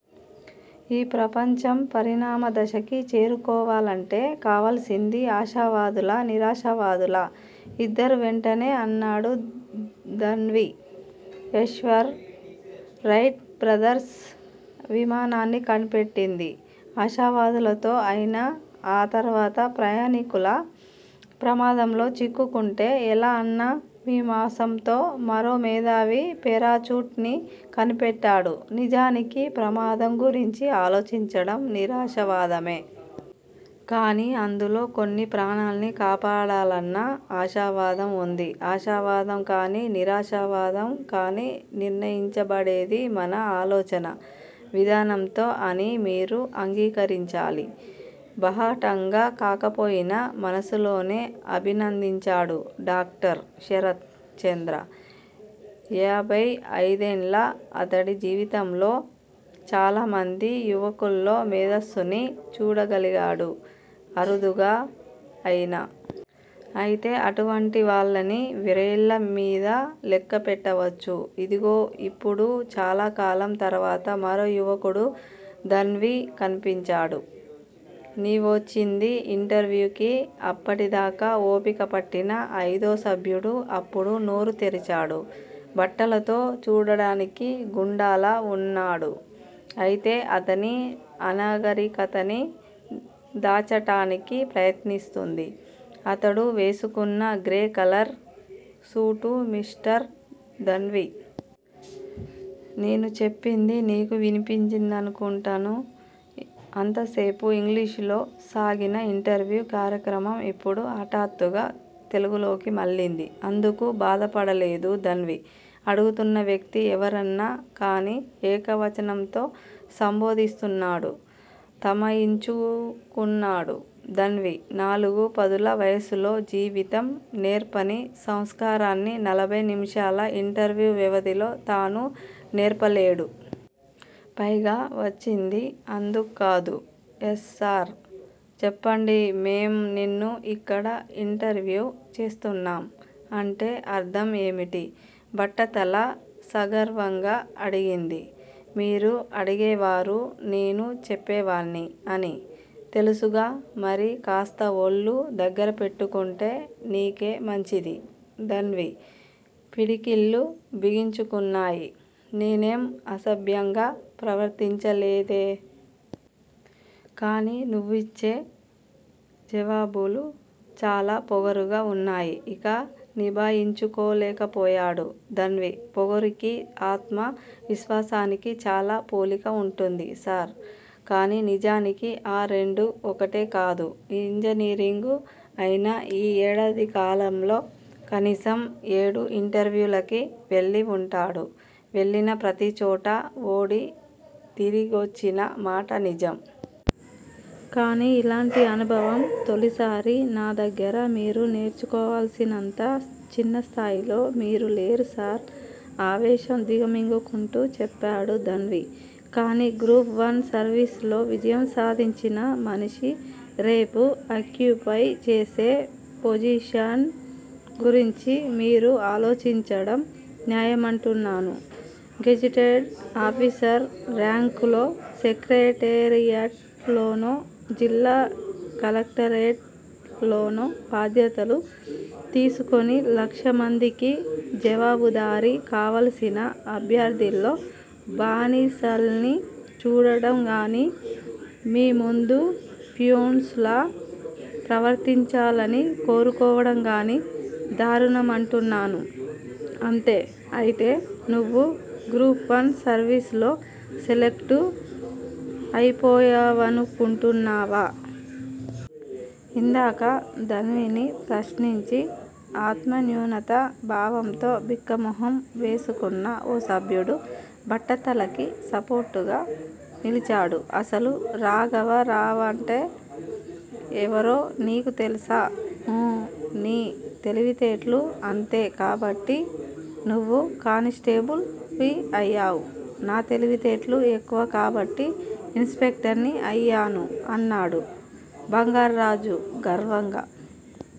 ఈ ప్రపంచం పరిణామ దశకి చేరుకోవాలంటే కావాల్సింది అశావాదులా, నిరాశావాదులా? ఇద్దరూ వెంటనే అన్నాడు ధన్వి. యస్వర్! రైట్ బ్రదర్స్ విమానాన్ని కనిపెట్టింది అశావాదులతో అయినా ఆ తర్వాత ప్రయాణికుల ప్రమాదంలో చిక్కుకుంటే ఎలా అన్న మిమాంసంతో మరో మేధావి పేరాచూట్ ని కనిపెట్టాడు నిజానికి ప్రమాదం గురించి ఆలోచించడం నిరాశావాదమే. కానీ అందులో కొన్ని ప్రాణాల్ని కాపాడాలన్న ఆశావాదం వుంది ఆశావాదం కానీ నిరాశావాదం కానీ నిర్ణయించబడేది మన ఆలోచనా విధానంతో అని మీరు అంగికరించాలి. బహాటంగా కాకపోయినా మనసులోనే అభినందించాడు డాక్టర్ శరత్ చంద్ర ఏభై అయిదేళ్ళ అతడి జీవితంలో చాలా మంది యువకుల్లో మేధస్సుని చూడగలిగాడు అరుదుగా అయినా. అయితే అటువంటి వాళ్ళని వ్రేళ్ళ మీద లెక్కపెట్టవచ్చు ఇదిగో యిప్పుడు చాలా కాలం తర్వాత మరో యువకుడు ధన్వి కనిపించాడు. నీవొచ్చింది ఇంటర్వ్యూ కి అప్పటి దాకా ఓపికపట్టిన అయిదో సభ్యుడు అప్పుడు నోరు తెరిచాడు బట్టలతో చూడటానికి గుండాలా వున్నాడు. అయితే అతడి అనాగరికతని దాచటానికి ప్రయత్నిస్తుంది ఆతడు వేసుకున్న grey colour suit mister Dhanvi. నేను చెప్పింది నీకు వినిపించిందనుకుంటను. అంతసేపు ఇంగ్లీషులో సాగిన ఇంటర్వ్యూ కార్యక్రమం యిప్పుడు హటాత్తుగా తెలుగులోకి మళ్ళింది. అందుకు బాధపడలేదు ధన్వి. అడుగుతున్న వ్యక్తీ ఎవరన్నా కానీ ఏకవచనంతో సంభోదిస్తున్నాడు. తమాయించుకున్నాడు ధన్వి. నాలుగు పదుల వయసులో, జీవితం నేర్పని సంస్కారాన్ని నలబై నిమిషాల ఇంటర్వ్యూ వ్యవధిలో తాను నేర్పలేడు. పైగా వచ్చింది అందుక్కాదు. యస్సర్, చెప్పండి మేం నిన్ను యిక్కడ యింటర్వ్యు చేస్తున్నాం అంటే అర్ధం ఏమిటి? బట్టతల సగర్వంగా అడిగింది. మీరు అడిగేవారు, నేను చెప్పేవాడ్ని అని. తెలుసుగా మరి కాస్త ఒళ్ళు దగ్గర పెట్టుకుంటే నీకే మంచిది ధన్వి పిడికిళ్ళు బిగిసుకున్నాయి. నేనేం అసభ్యంగా ప్రవర్తించలేదే! కానీ నువ్విచ్చే జవాబులు చాలా పొగరుగా వున్నాయి. ఇక నిభాయించుకోలేకపోయాడు ధన్వి. పొగరుకి, ఆత్మ విశ్వాసానికి చాలా పోలిక వుంటుంది సర్. కానీ నిజానికి ఆ రెండు ఒకటే కాదు ఇంజనీరింగ్ అయిన యీ ఏడాదికాలంలో కనీసం ఏడు ఇంటర్వ్యూలకి వెళ్ళి వుంటాడు. వెళ్ళిన ప్రతిచోట ఓడి తిరిగొచ్చిన మాట నిజం. కాని యిలాంటి అనుభవం తొలిసారి. నా దగ్గర మీరు నేర్చుకోవాల్సినంత చిన్నస్థాయిలో మీరు లేరు సర్ ఆవేశం దిగమింగుకుంటూ చెప్పాడు ధన్వి. కానీ గ్రూప్ వన్ సర్విస్ లో విజయం సాధించిన మనిషి రేపు అక్యుపై చేసే పొజిషన్ గురించి మీరు ఆలోచించడం న్యాయమంటున్నాను గెజిటెడ్ ఆఫీసర్ ర్యాంక్ లో సెక్రటేరియట్ లోనో, జిల్లా కలెక్టరేట్ లోనో బాధ్యతలు తీసుకుని లక్షమందికి జవాబుదారి కావలసిన అభ్యర్ధిల్లో బానిసల్ని చూడడంగానీ, మీ ముందు ఫ్యున్స్ లా ప్రవర్తించలని కోరుకోవడంగానీ దారుణమంటున్నాను అంతే అయితే నువ్వు గ్రూప్ వన్ సర్వీసులో సెలెక్ట్ అయిపోయావనుకుంటున్నావా? ఇందాక ధన్విని ప్రశ్నించి ఆత్మన్యూనతా భావంతో బిక్కమొహం వేసుకున్న ఓ సభ్యుడు బట్టతలకి సపోర్టుగా నిలిచాడు అసలు రాఘవరావంటే ఎవరో నీకు తెలుసా? ఊ ని తెలివితేట్లు అంతే కాబట్టి నువ్వు కాని స్టేబుల్ వి అయ్యావ్. నా తెలివితేట్లు ఎక్కువ కాబట్టి ఇన్ స్పెక్టర్ ని అయ్యాను అన్నాడు బంగార్రాజు గర్వంగా.